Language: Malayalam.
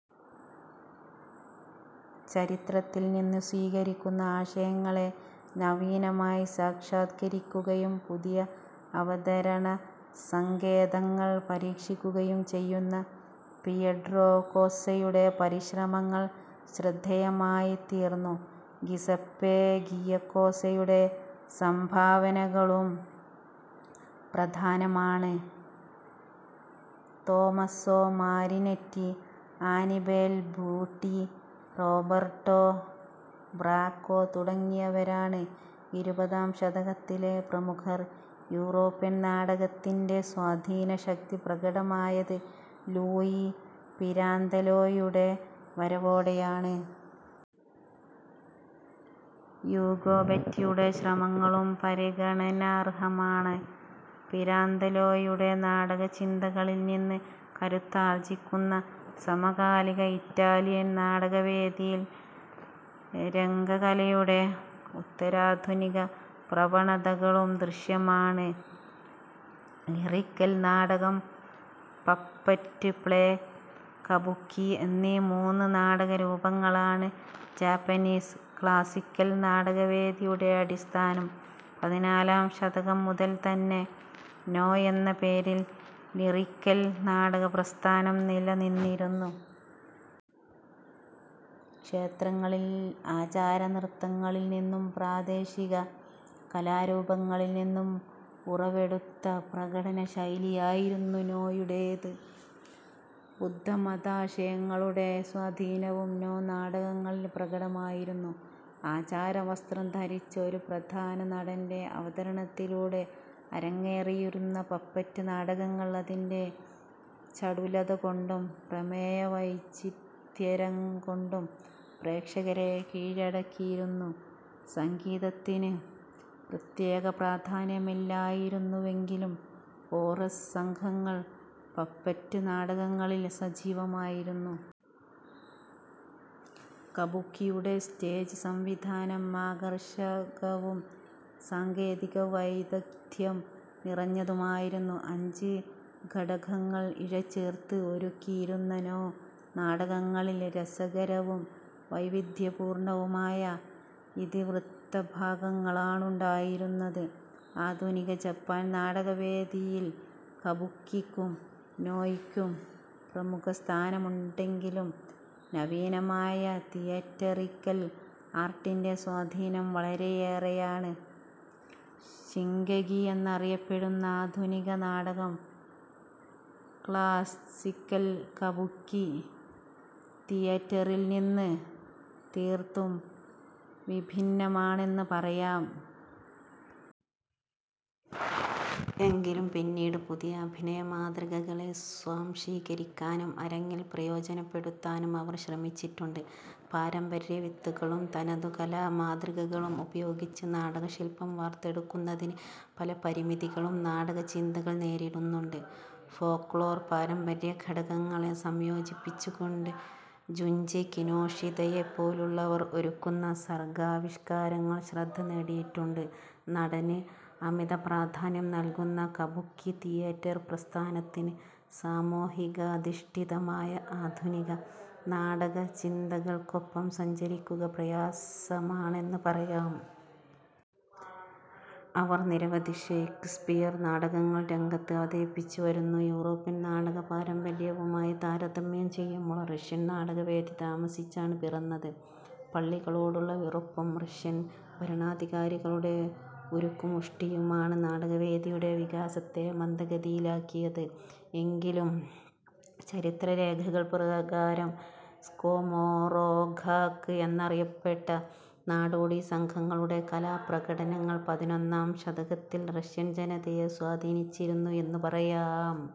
ചരിത്രത്തിൽനിന്ന് സ്വീകരിക്കുന്ന ആശയങ്ങളെ നവീനമായി സാക്ഷാത്കരിക്കുകയും പുതിയ അവതരണ സങ്കേതങ്ങൾ പരീക്ഷിക്കുകയും ചെയ്യുന്ന പിയട്രോ കോസ്സയുടെ പരിശ്രമങ്ങൾ, ശ്രദ്ധേയമായിത്തീർന്നു. ഗിസപ്പെ ഗിയക്കോസയുടെ സംഭാവനകളും പ്രധാനമാണ്. Tommaso Marinetti, Annibale Butti, Roberto Bracco തുടങ്ങിയവരാണ് ഇരുപതാം ശതകത്തിലെ പ്രമുഖർ. യൂറോപ്യൻ നാടകത്തിന്റെ സ്വാധീനശക്തി പ്രകടമായത് ലൂയി പിരാന്തലോയുടെ വരവോടെയാണ്. യൂഗോ ബെറ്റിയുടെ ശ്രമങ്ങളും പരിഗണനാർഹമാണ്. പിരാന്തലോയുടെ നാടകചിന്തകളിൽനിന്ന് കരുത്താർജിക്കുന്ന സമകാലിക ഇറ്റാലിയൻ നാടകവേദിയിൽ, രംഗകലയുടെ ഉത്തരാധുനികപ്രവണതകളും ദൃശ്യമാണ്. ലിറിക്കൽ നാടകം, പപ്പറ്റ് പ്ലേ, കബുക്കി എന്നീ മൂന്ന് നാടകരൂപങ്ങളാണ് ജാപ്പനീസ് ക്ലാസ്സിക്കൽ നാടകവേദിയുടെ അടിസ്ഥാനം. പതിനാലാം ശതകം മുതൽതന്നെ 'നോ' എന്ന പേരിൽ ലിറിക്കൽ നാടകപ്രസ്ഥാനം നിലനിന്നിരുന്നു. ക്ഷേത്രങ്ങളിൽ ആചാരനൃത്തങ്ങളിൽനിന്നും പ്രാദേശിക കലാരൂപങ്ങളിൽനിന്നും ഉറവെടുത്ത പ്രകടനശൈലിയായിരുന്നു 'നോ'യുടേത്. ബുദ്ധമതാശയങ്ങളുടെ സ്വാധീനവും 'നോ' നാടകങ്ങളിൽ പ്രകടമായിരുന്നു. ആചാരവസ്ത്രം ധരിച്ച ഒരു പ്രധാന നടന്റെ അവതരണത്തിലൂടെ അരങ്ങേറിയിരുന്ന പപ്പറ്റ് നാടകങ്ങൾ അതിന്റെ ചടുലതകൊണ്ടും പ്രമേയവൈചിത്യ്രംകൊണ്ടും പ്രേക്ഷകരെ കീഴടക്കിയിരുന്നു. സംഗീതത്തിന് പ്രത്യേക പ്രാധാന്യമില്ലായിരുന്നുവെങ്കിലും കോറസ് സംഘങ്ങൾ പപ്പറ്റ് നാടകങ്ങളിൽ സജീവമായിരുന്നു. 'കബുക്കി'യുടെ സ്റ്റേജ് സംവിധാനം ആകർഷകവും സാങ്കേതികവൈദഗ്ദ്ധ്യം നിറഞ്ഞതുമായിരുന്നു. അഞ്ച് ഘടകങ്ങൾ ഇഴചേർത്ത് ഒരുക്കിയിരുന്ന 'നോ' നാടകങ്ങളിൽ രസകരവും വൈവിധ്യപൂർണവുമായ ഇതിവൃത്തഭാഗങ്ങളാണുണ്ടായിരുന്നത്. ആധുനിക ജപ്പാൻ നാടകവേദിയിൽ 'കബുക്കി'ക്കും 'നോ'യ്ക്കും പ്രമുഖസ്ഥാനമുണ്ടെങ്കിലും നവീനമായ തിയെറ്ററിക്കൽ ആർട്ടിന്റെ സ്വാധീനം വളരെയേറെയാണ്. 'ഷിങ്കെകി' എന്നറിയപ്പെടുന്ന ആധുനിക നാടകം, ക്ളാസ്സിക്കൽ കബുക്കി തിയേറ്ററിൽനിന്ന് തീർത്തും വിഭിന്നമാണെന്ന് പറയാം. എങ്കിലും പിന്നീട് പുതിയ അഭിനയമാതൃകകളെ സ്വാംശീകരിക്കാനും അരങ്ങിൽ പ്രയോജനപ്പെടുത്താനും അവർ ശ്രമിച്ചിട്ടുണ്ട്. പാരമ്പര്യവിത്തുകളും തനതുകലാമാതൃകകളും ഉപയോഗിച്ച് നാടകശില്പം വാർത്തെടുക്കുന്നതിന് പല പരിമിതികളും നാടകചിന്തകർ നേരിടുന്നുണ്ട്. ഫോക്ലോർ പാരമ്പര്യഘടകങ്ങളെ സംയോജിപ്പിച്ചുകൊണ്ട് ജുഞ്ചി കിനോഷിതയെപ്പോലുള്ളവർ ഒരുക്കുന്ന സർഗാവിഷ്കാരങ്ങൾ ശ്രദ്ധ നേടിയിട്ടുണ്ട്. നടന് അമിതപ്രാധാന്യം നല്കുന്ന 'കബുക്കി' തിയേറ്റർ പ്രസ്ഥാനത്തിന് സാമൂഹികാധിഷ്ഠിതമായ ആധുനിക നാടകചിന്തകൾക്കൊപ്പം സഞ്ചരിക്കുക പ്രയാസമാണെന്ന് പറയാം. അവർ നിരവധി ഷെയ്ക്സ്പിയർ നാടകങ്ങൾ രംഗത്ത് അവതരിപ്പിച്ചുവരുന്നു. യൂറോപ്യൻ നാടകപാരമ്പര്യവുമായി താരതമ്യം ചെയ്യുമ്പോൾ, റഷ്യൻ നാടകവേദി താമസിച്ചാണ് പിറന്നത്. പള്ളികളോടുള്ള വെറുപ്പും റഷ്യൻ ഭരണാധികാരികളുടെ ഉരുക്കുമുഷ്ടിയുമാണ് നാടകവേദിയുടെ വികാസത്തെ മന്ദഗതിയിലാക്കിയത്. എങ്കിലും, ചരിത്രരേഖകൾ പ്രകാരം 'സ്കോമോറോഖാക്' എന്നറിയപ്പെട്ട നാടോടി സംഘങ്ങളുടെ കലാപ്രകടനങ്ങൾ പതിനൊന്നാം ശതകത്തിൽ റഷ്യൻജനതയെ സ്വാധീനിച്ചിരുന്നു എന്നു പറയാം.